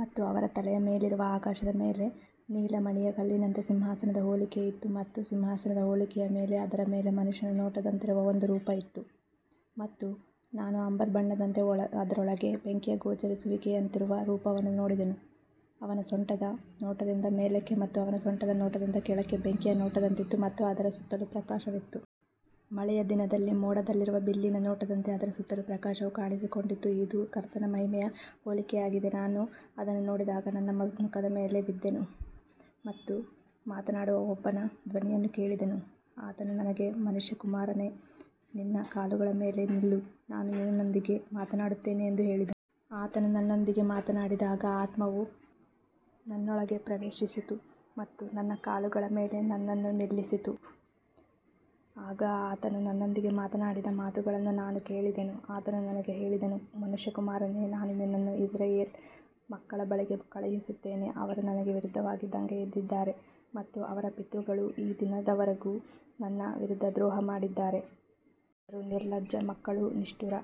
ಮತ್ತು ಅವರ ತಲೆಯ ಮೇಲಿರುವ ಆಕಾಶದ ಮೇಲೆ ನೀಲಮಣಿಯ ಕಲ್ಲಿನಂತೆ ಸಿಂಹಾಸನದ ಹೋಲಿಕೆ ಇತ್ತು ಮತ್ತು ಸಿಂಹಾಸನದ ಹೋಲಿಕೆಯ ಮೇಲೆ ಅದರ ಮೇಲೆ ಮನುಷ್ಯನ ನೋಟದಂತಿರುವ ಒಂದು ರೂಪ ಇತ್ತು. ಮತ್ತು ನಾನು ಅಂಬರ್ ಬಣ್ಣದಂತೆ, ಅದರೊಳಗೆ ಬೆಂಕಿಯ ಗೋಚರಿಸುವಿಕೆಯಂತಿರುವ ರೂಪವನ್ನು ನೋಡಿದೆನು. ಅವನ ಸೊಂಟದ ನೋಟದಿಂದ ಮೇಲಕ್ಕೆ ಮತ್ತು ಅವನ ಸೊಂಟದ ನೋಟದಿಂದ ಕೆಳಕ್ಕೆ ಬೆಂಕಿಯ ನೋಟದಂತಿತ್ತು ಮತ್ತು ಅದರ ಸುತ್ತಲೂ ಪ್ರಕಾಶವಿತ್ತು. ಮಳೆಯ ದಿನದಲ್ಲಿ ಮೋಡದಲ್ಲಿರುವ ಬಿಲ್ಲಿನ ನೋಟದಂತೆ ಅದರ ಸುತ್ತಲೂ ಪ್ರಕಾಶವು ಕಾಣಿಸಿಕೊಂಡಿತು. ಇದು ಕರ್ತನ ಮಹಿಮೆಯ ಹೋಲಿಕೆಯಾಗಿದೆ. ನಾನು ಅದನ್ನು ನೋಡಿದಾಗ ನನ್ನ ಮುಖದ ಮೇಲೆ ಬಿದ್ದೆನು ಮತ್ತು ಮಾತನಾಡುವ ಒಬ್ಬನ ಧ್ವನಿಯನ್ನು ಕೇಳಿದೆನು. ಆತನು ನನಗೆ, ಮನುಷ್ಯಕುಮಾರನೇ, ನಿನ್ನ ಕಾಲುಗಳ ಮೇಲೆ ನಿಲ್ಲು, ನಾನು ನಿನ್ನೊಂದಿಗೆ ಮಾತನಾಡುತ್ತೇನೆ ಎಂದು ಹೇಳಿದನು. ಆತನು ನನ್ನೊಂದಿಗೆ ಮಾತನಾಡಿದಾಗ ಆತ್ಮವು ನನ್ನೊಳಗೆ ಪ್ರವೇಶಿಸಿತು ಮತ್ತು ನನ್ನ ಕಾಲುಗಳ ಮೇಲೆ ನನ್ನನ್ನು ನಿಲ್ಲಿಸಿತು. ಆಗ ಆತನು ನನ್ನೊಂದಿಗೆ ಮಾತನಾಡಿದ ಮಾತುಗಳನ್ನು ನಾನು ಕೇಳಿದೆನು. ಆತನು ನನಗೆ ಹೇಳಿದನು, ಮನುಷ್ಯಕುಮಾರನೇ, ನಾನು ನಿನ್ನನ್ನು ಇಸ್ರಾಯೇಲ್ ಮಕ್ಕಳ ಬಳಿಗೆ ಕಳುಹಿಸುತ್ತೇನೆ. ಅವರು ನನಗೆ ವಿರುದ್ಧವಾಗಿ ದಂಗೆಯೆದ್ದಿದ್ದಾರೆ ಮತ್ತು ಅವರ ಪಿತೃಗಳು ಈ ದಿನದವರೆಗೂ ನನ್ನ ವಿರುದ್ಧ ದ್ರೋಹ ಮಾಡಿದ್ದಾರೆ. ಅವರು ನಿರ್ಲಜ್ಜ ಮಕ್ಕಳೂ ನಿಷ್ಠುರ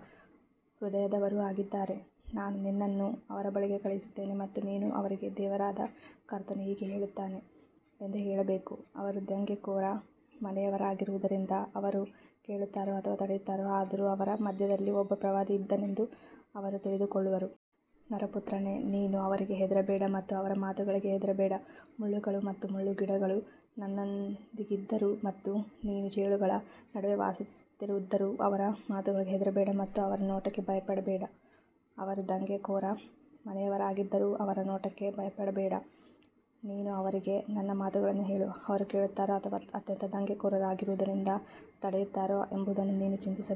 ಹೃದಯದವರೂ ಆಗಿದ್ದಾರೆ. ನಾನು ನಿನ್ನನ್ನು ಅವರ ಬಳಿಗೆ ಕಳುಹಿಸುತ್ತೇನೆ ಮತ್ತು ನೀನು ಅವರಿಗೆ, ದೇವರಾದ ಕರ್ತನು ಹೀಗೆ ಹೇಳುತ್ತಾನೆ ಎಂದು ಹೇಳಬೇಕು. ಅವರು ದಂಗೆಕೋರ ಮನೆಯವರಾಗಿರುವುದರಿಂದ ಅವರು ಕೇಳುತ್ತಾರೋ ಅಥವಾ ತಡೆಯುತ್ತಾರೋ, ಆದರೂ ಅವರ ಮಧ್ಯದಲ್ಲಿ ಒಬ್ಬ ಪ್ರವಾದಿ ಇದ್ದನೆಂದು ಅವರು ತಿಳಿದುಕೊಳ್ಳುವರು. ನರಪುತ್ರನೇ, ನೀನು ಅವರಿಗೆ ಹೆದರಬೇಡ ಮತ್ತು ಅವರ ಮಾತುಗಳಿಗೆ ಹೆದರಬೇಡ. ಮುಳ್ಳುಗಳು ಮತ್ತು ಮುಳ್ಳುಗಿಡಗಳು ನಿನ್ನೊಂದಿಗಿದ್ದರೂ ಮತ್ತು ನೀನು ಚೇಳುಗಳ ನಡುವೆ ವಾಸಿಸುತ್ತಿದ್ದರೂ ಅವರ ಮಾತುಗಳಿಗೆ ಹೆದರಬೇಡ ಮತ್ತು ಅವರ ನೋಟಕ್ಕೆ ಭಯಪಡಬೇಡ. ಅವರು ದಂಗೆಕೋರ ಮನೆಯವರಾಗಿದ್ದರೂ ಅವರ ನೋಟಕ್ಕೆ ಭಯಪಡಬೇಡ. ನೀನು ಅವರಿಗೆ ನನ್ನ ಮಾತುಗಳನ್ನು ಹೇಳು, ಅವರು ಕೇಳುತ್ತಾರೋ ಅಥವಾ ಅತ್ಯಂತ ದಂಗೆಕೋರರಾಗಿರುವುದರಿಂದ ತಡೆಯುತ್ತಾರೋ ಎಂಬುದನ್ನು ನೀನು ಚಿಂತಿಸಬೇಡ.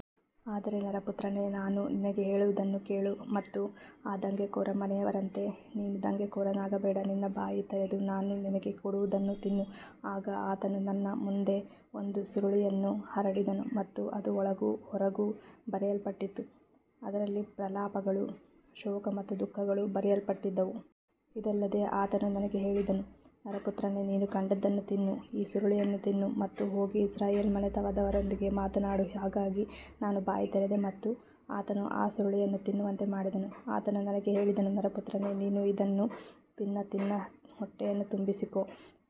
ಆದರೆ ನರಪುತ್ರನೇ, ನಾನು ನಿನಗೆ ಹೇಳುವುದನ್ನು ಕೇಳು ಮತ್ತು ಆ ದಂಗೆಕೋರ ಮನೆಯವರಂತೆ ನೀನು ದಂಗೆಕೋರನಾಗಬೇಡ. ನಿನ್ನ ಬಾಯಿ ತೆರೆದು ನಾನು ನಿನಗೆ ಕೊಡುವುದನ್ನು ತಿನ್ನು. ಆಗ ಆತನು ನನ್ನ ಮುಂದೆ ಒಂದು ಸುರುಳಿಯನ್ನು ಹರಡಿದನು ಮತ್ತು ಅದು ಒಳಗೂ ಹೊರಗೂ ಬರೆಯಲ್ಪಟ್ಟಿತ್ತು. ಅದರಲ್ಲಿ ಪ್ರಲಾಪಗಳು, ಶೋಕ ಮತ್ತು ದುಃಖಗಳು ಬರೆಯಲ್ಪಟ್ಟಿದ್ದವು. ಇದಲ್ಲದೆ ಆತನು ನನಗೆ ಹೇಳಿದನು, ನರಪುತ್ರನೇ, ನೀನು ಕಂಡದ್ದನ್ನು ತಿನ್ನು, ಈ ಸುರುಳಿಯನ್ನು ತಿನ್ನು ಮತ್ತು ಹೋಗಿ ಇಸ್ರಾಯೇಲ್ ಮನೆತನದವರೊಂದಿಗೆ ಮಾತನಾಡು. ಹಾಗಾಗಿ ನಾನು ಬಾಯಿ ತೆರೆದೆ ಮತ್ತು ಆತನು ಆ ಸುರುಳಿಯನ್ನು ತಿನ್ನುವಂತೆ ಮಾಡಿದನು. ಆತನು ನನಗೆ ಹೇಳಿದನು, ನರಪುತ್ರನೇ, ನೀನು ಇದನ್ನು ತಿನ್ನಿ ನಿನ್ನ ಹೊಟ್ಟೆಯನ್ನು ತುಂಬಿಸಿಕೋ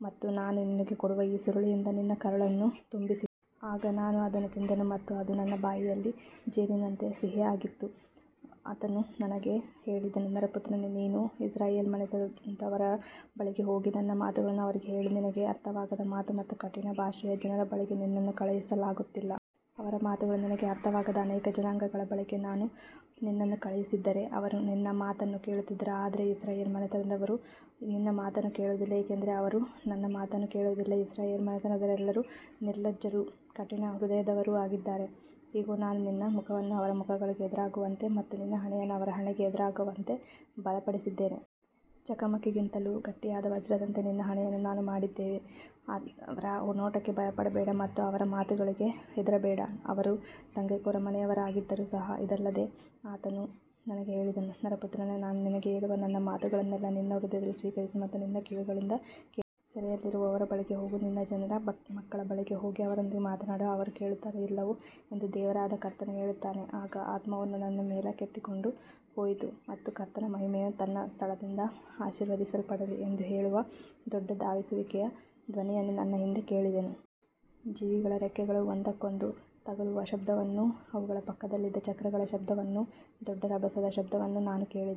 ಮತ್ತು ನಾನು ನಿನಗೆ ಕೊಡುವ ಈ ಸುರುಳಿಯಿಂದ ನಿನ್ನ ಕರುಳನ್ನು ತುಂಬಿಸಿಕೋ. ಆಗ ನಾನು ಅದನ್ನು ತಿಂದೆನು ಮತ್ತು ಅದು ನನ್ನ ಬಾಯಿಯಲ್ಲಿ ಜೇನಿನಂತೆ ಸಿಹಿಯಾಗಿತ್ತು. ಆತನು ನನಗೆ ಹೇಳಿದನು, ನರಪುತ್ರನೇ, ನೀನು ಇಸ್ರಾಯೇಲ್ ಮನೆತನದವರ ಬಳಿಗೆ ಹೋಗಿ ನನ್ನ ಮಾತುಗಳನ್ನು ಅವರಿಗೆ ಹೇಳು. ನಿನಗೆ ಅರ್ಥವಾಗದ ಮಾತು ಮತ್ತು ಕಠಿಣ ಭಾಷೆಯ ಜನರ ಬಳಿಗೆ ನಿನ್ನನ್ನು ಕಳುಹಿಸಲಾಗುತ್ತಿಲ್ಲ. ಅವರ ಮಾತುಗಳು ನಿನಗೆ ಅರ್ಥವಾಗದ ಅನೇಕ ಜನಾಂಗಗಳ ಬಳಿಗೆ ನಾನು ನಿನ್ನನ್ನು ಕಳುಹಿಸಿದ್ದರೆ ಅವರು ನಿನ್ನ ಮಾತನ್ನು ಕೇಳುತ್ತಿದ್ದರು. ಆದರೆ ಇಸ್ರಾಯೇಲ್ ಮನೆತನದವರು ನಿನ್ನ ಮಾತನ್ನು ಕೇಳುವುದಿಲ್ಲ, ಏಕೆಂದರೆ ಅವರು ನನ್ನ ಮಾತನ್ನು ಕೇಳುವುದಿಲ್ಲ. ಇಸ್ರಾಯೇಲ್ ಮನೆತನದವರೆಲ್ಲರೂ ನಿರ್ಲಜ್ಜರೂ ಕಠಿಣ ಹೃದಯದವರೂ ಆಗಿದ್ದಾರೆ. ಇಗೋ, ನಾನು ನಿನ್ನ ಮುಖವನ್ನು ಅವರ ಮುಖಗಳಿಗೆ ಎದುರಾಗುವಂತೆ ಮತ್ತು ನಿನ್ನ ಹಣೆಯನ್ನು ಅವರ ಹಣೆಗೆ ಎದುರಾಗುವಂತೆ ಬಲಪಡಿಸಿದ್ದೇನೆ. ಚಕಮಕಿಗಿಂತಲೂ ಗಟ್ಟಿಯಾದ ವಜ್ರದಂತೆ ನಿನ್ನ ಹಣೆಯನ್ನು ನಾನು ಮಾಡಿದ್ದೇನೆ. ಅವರ ನೋಟಕ್ಕೆ ಭಯಪಡಬೇಡ ಮತ್ತು ಅವರ ಮಾತುಗಳಿಗೆ ಹೆದರಬೇಡ, ಅವರು ದಂಗೆಕೋರ ಮನೆಯವರಾಗಿದ್ದರೂ ಸಹ. ಇದಲ್ಲದೆ ಆತನು ನನಗೆ ಹೇಳಿದನು, ನರಪುತ್ರನೇ, ನಾನು ನಿನಗೆ ಹೇಳುವ ನನ್ನ ಮಾತುಗಳನ್ನೆಲ್ಲಾ ನಿನ್ನ ಹೃದಯದಲ್ಲಿ ಸ್ವೀಕರಿಸು ಮತ್ತು ನಿನ್ನ ಕಿವಿಗಳಿಂದ ಕೇಳು. ಸೆರೆಯಲ್ಲಿರುವವರ ಬಳಿಗೆ ಹೋಗು, ನಿನ್ನ ಜನರ ಮಕ್ಕಳ ಬಳಿಗೆ ಹೋಗಿ ಅವರೊಂದಿಗೆ ಮಾತನಾಡು, ಅವರು ಕೇಳುತ್ತಾರೋ ಇಲ್ಲವೋ ಎಂದು ದೇವರಾದ ಕರ್ತನು ಹೇಳುತ್ತಾನೆ. ಆಗ ಆತ್ಮವು ನನ್ನನ್ನು ಮೇಲಕ್ಕೆತ್ತಿಕೊಂಡು ಹೋಯಿತು ಮತ್ತು ಕರ್ತನ ಮಹಿಮೆಯು ತನ್ನ ಸ್ಥಳದಿಂದ ಆಶೀರ್ವದಿಸಲ್ಪಡಲಿ ಎಂದು ಹೇಳುವ ದೊಡ್ಡ ಧಾವಿಸುವಿಕೆಯ ಧ್ವನಿಯನ್ನು ನನ್ನ ಹಿಂದೆ ಕೇಳಿದೆನು. ಜೀವಿಗಳ ರೆಕ್ಕೆಗಳು ಒಂದಕ್ಕೊಂದು ತಗುಲುವ ಶಬ್ದವನ್ನೂ, ಅವುಗಳ ಪಕ್ಕದಲ್ಲಿದ್ದ ಚಕ್ರಗಳ ಶಬ್ದವನ್ನೂ, ದೊಡ್ಡ ರಭಸದ ಶಬ್ದವನ್ನೂ ನಾನು ಕೇಳಿದೆನು.